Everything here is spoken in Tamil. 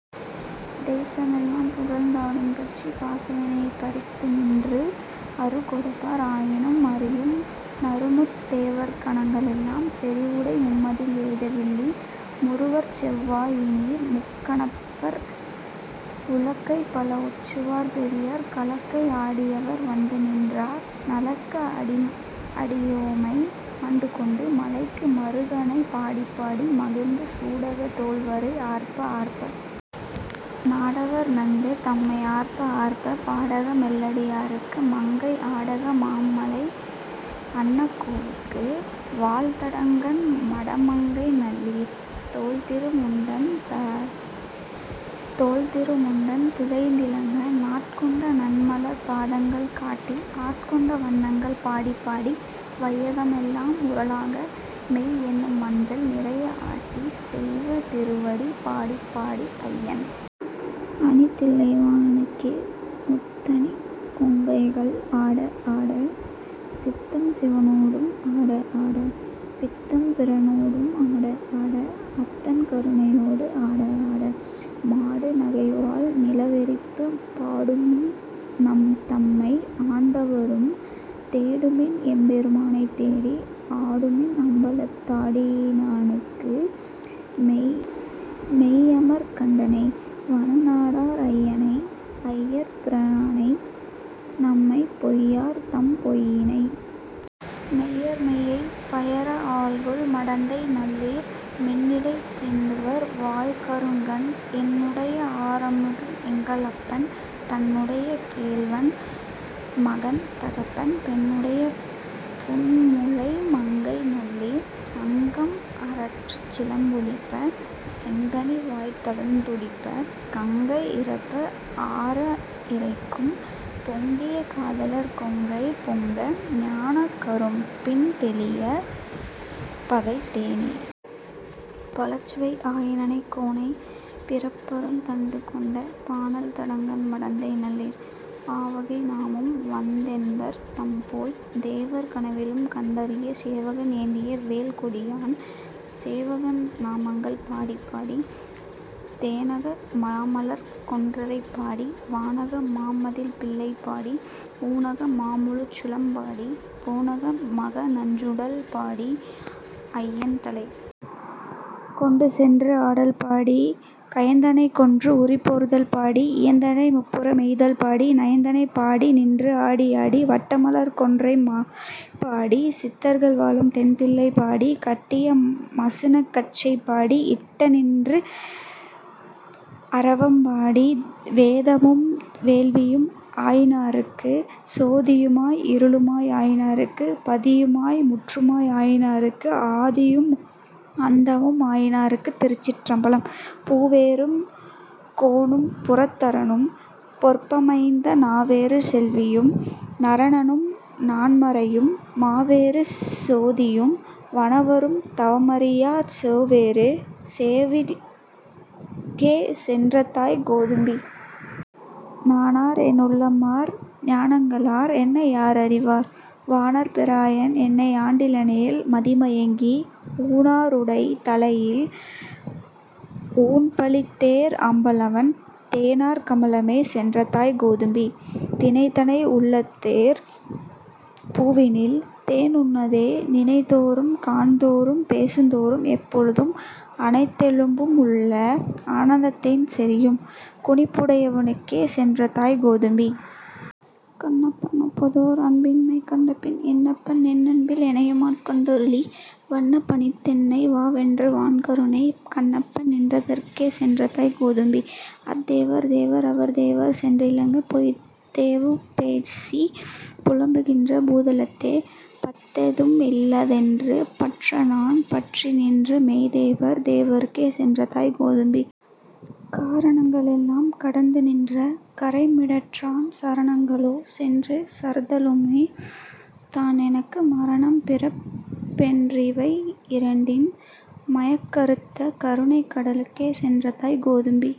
தேசமெல்லாம் புகழ்ந் தாடுங் கச்சித் பாசவினையைப் பறிந்துநின்று அறுகெடுப்பார் அயனும்அரியும் நறுமுது தேவர்கணங்கெளெல்லாம் செறிவுடை மும்மதில் எய்தவில்லி முறுவற்செவ் வாயினீர் முக்கணப்பற் உலக்கை பலஒச்சு வார்பெரியர் கலக்க அடியவர் வந்துநின்றார் நலக்க அடியோமை ஆண்டுகொண்டு மலைக்கு மருகனைப் பாடிப்பாடி மகிழந்து சூடகந் தோள்வரை ஆர்ப்ப ஆர்ப்பத் நாடவர் நந்தம்மை ஆர்ப்ப ஆர்ப்ப பாடக மெல்லடி யார்க்கு மங்கை ஆடக மாமலை அன்னகோவுக் வாள்தடங்கண்மட மங்கைநல்லீர் தோள்திரு முண்டந் துதைந்திலங்கச் நாட்கோண்ட நாண்மலர்ந் பாதங்காட்டி ஆட்கொண்ட வண்ணங்கள் பாடிப்பாடி வையகம் எல்லாம் உரலாக மெய்யனும் மஞ்சள் நிறைய அட்டி செய்ய திருவடி பாடிப்பாடிச் ஐயன் அணிதில்லை வாணனுக்கே முத்தணி கொங்கைகள் ஆடஆட சித்தஞ் சிவனொடும் ஆடஆடச் பித்தெம் பிரானொடும் ஆடஆடப் அத்தன் கருணையொ டாடஆட மாடு நகைவாள் நிலாவெறிப்ப பாடுமின் நந்தம்மை ஆண்டவாறும் தேடுமின் எம்பெருமானைத்தேடி ஆடுமின் அம்பலத் தாடினானுக் மையமர் கண்டனை வானநாடர் ஐயனை ஐயர்பிரானைநம்மை பொய்யர் தம் பொய்யனை மெய்யர் மெய்யைப் பையர வல்குல் மடந்தைநல்லீர் மின்னிடைச் செந்துவர் வாய்க்கருங்கண் என்னுடை ஆரமுதெங்களப்பன் தன்னுடைக் கேள்வன் மகன்தகப்பன் பன்னுடைப் பூண்முலை மங்கைநல்லீர் சங்கம் அரற்றச் சிலம்பொலிப்பத் செங்கனி வாயிதழுந்துடிப்பச் கங்கை இரைப்ப அராஇரைக்குங் பொங்கிய காதலிற் கொங்கை பொங்கப் ஞானக் கரும்பின் தெளியைப் பகை தேனைப் பழச்சுவை ஆயினானைச் கோனைப் பிறப்பறுத் தண்டுகொண்ட பானல் தடங்கண் மடந்தைநல்லீர் ஆவகை நாமும் வந்தன்பர்தம்போ தேவர் கனாவிலுங் கண்டறியாச் சேவகம் ஏந்திய வெல்கொடியான் சேவகன் நாமங்கள் பாடிப்பாடிச் தேனக மாமலர்க் கொன்றைபாடிச் வானக மாமதிப் பிள்ளைபாடி ஊனக மாமழுச் சூலம்பாடி போனக மாகநஞ் சுண்டல்பாடிப் அயன்தலை கொண்டுசெண்றுடாடல்பாடி கயந்தனைக் கொன்றுரி போர்த்தல் பாடிக் இயைந்தன முப்புரம் எய்தல் பாடி நயந்தனைப் பாடிநின் றாடியாடி வட்டமலர்க்கொன்றை மாலைபாடி சிட்டர்கள் வாழுந்தென் தில்லைபாடிச் கட்டிய மசுணக்கச்சைப் பாடிக் இட்டுநின் றாடும் அரவம்பாடி வேதமும் வேள்வியும் ஆயினார்க்கு சோதிய மாய் இருள் ஆயினார்க்குத் பாதியு மாய் முற்றும் ஆயினார்க்குப் ஆதியும் அந்தமும் ஆயினார்க்கு திருச்சிற்றம்பலம் பூவேறு கோனும் புரந்தரனும் பொற்பமைந்த நாவேறு செல்வியும் நரணணும் நான் மறையும் மாவேறு சோதியும் வனவருந் தவமறியாச் சேவேறு சேவடிக்கே சென்றுதாய் கோத்தும்பீ. நானார் என் உள்ளமார் ஞானங்க ளார் என்னை யாரறிவார் வானோர் பிரானென்னை ஆண்டிலனேல் மதிமயங்கி ஊனா ருடைதலையில் உண்பலிதேர் அம்பலவன் தேனார் கமலமே சென்றூதாய் கோத்தும்பீ. தினைத்தனை உள்ளதேர் பூவினில் தேன்உண்ணாதே நினைத்தொறும் காண்தொறும் பேசுந்தொறும் எப்போதும் அனைத்தெலும் புள்நெக ஆனந்தத் தேன் சொரியும் குனிப்புடையானுக்கே சென்றூதாய் கோத்தும்பீ. கண்ணப்பன் ஒப்பதோர் அன்பின்மை கண்டபின் என்னப்பன் என்னொப்பில் என்னையும் ஆட்கொண்டருளி வண்ணப் பணித்தென்னை வாவென்ற வான் கருணைச் கண்ணப்பென் நீற்றற்கே சென்றூதாய் கோத்தும்பீ. அத்தேவர் தேவர் அவர்தேவ ரென்றிங்ஙன் பொய்த்தேவு பேசிப் புலம்புகின்ற பூதலத்தே பத்தேதும் இல்லாதென் பற்றறநான் பற்றிநின்ற மெய்த்தேவர் தேவற்கே சென்றூதாய் கோத்தும்பீ. கரணங்கள் எல்லாங் கடந்துநின்ற கறைமிடற்றன் சரணங்க ளோசென்று சார்தலுமே தான்எனக்கு மரணம் பிறப்பென் றிவையிரண்டின் மயக்கறுத்த கருணைக் கடலுக்கே சென்றூதாய் கோத்தும்பீ.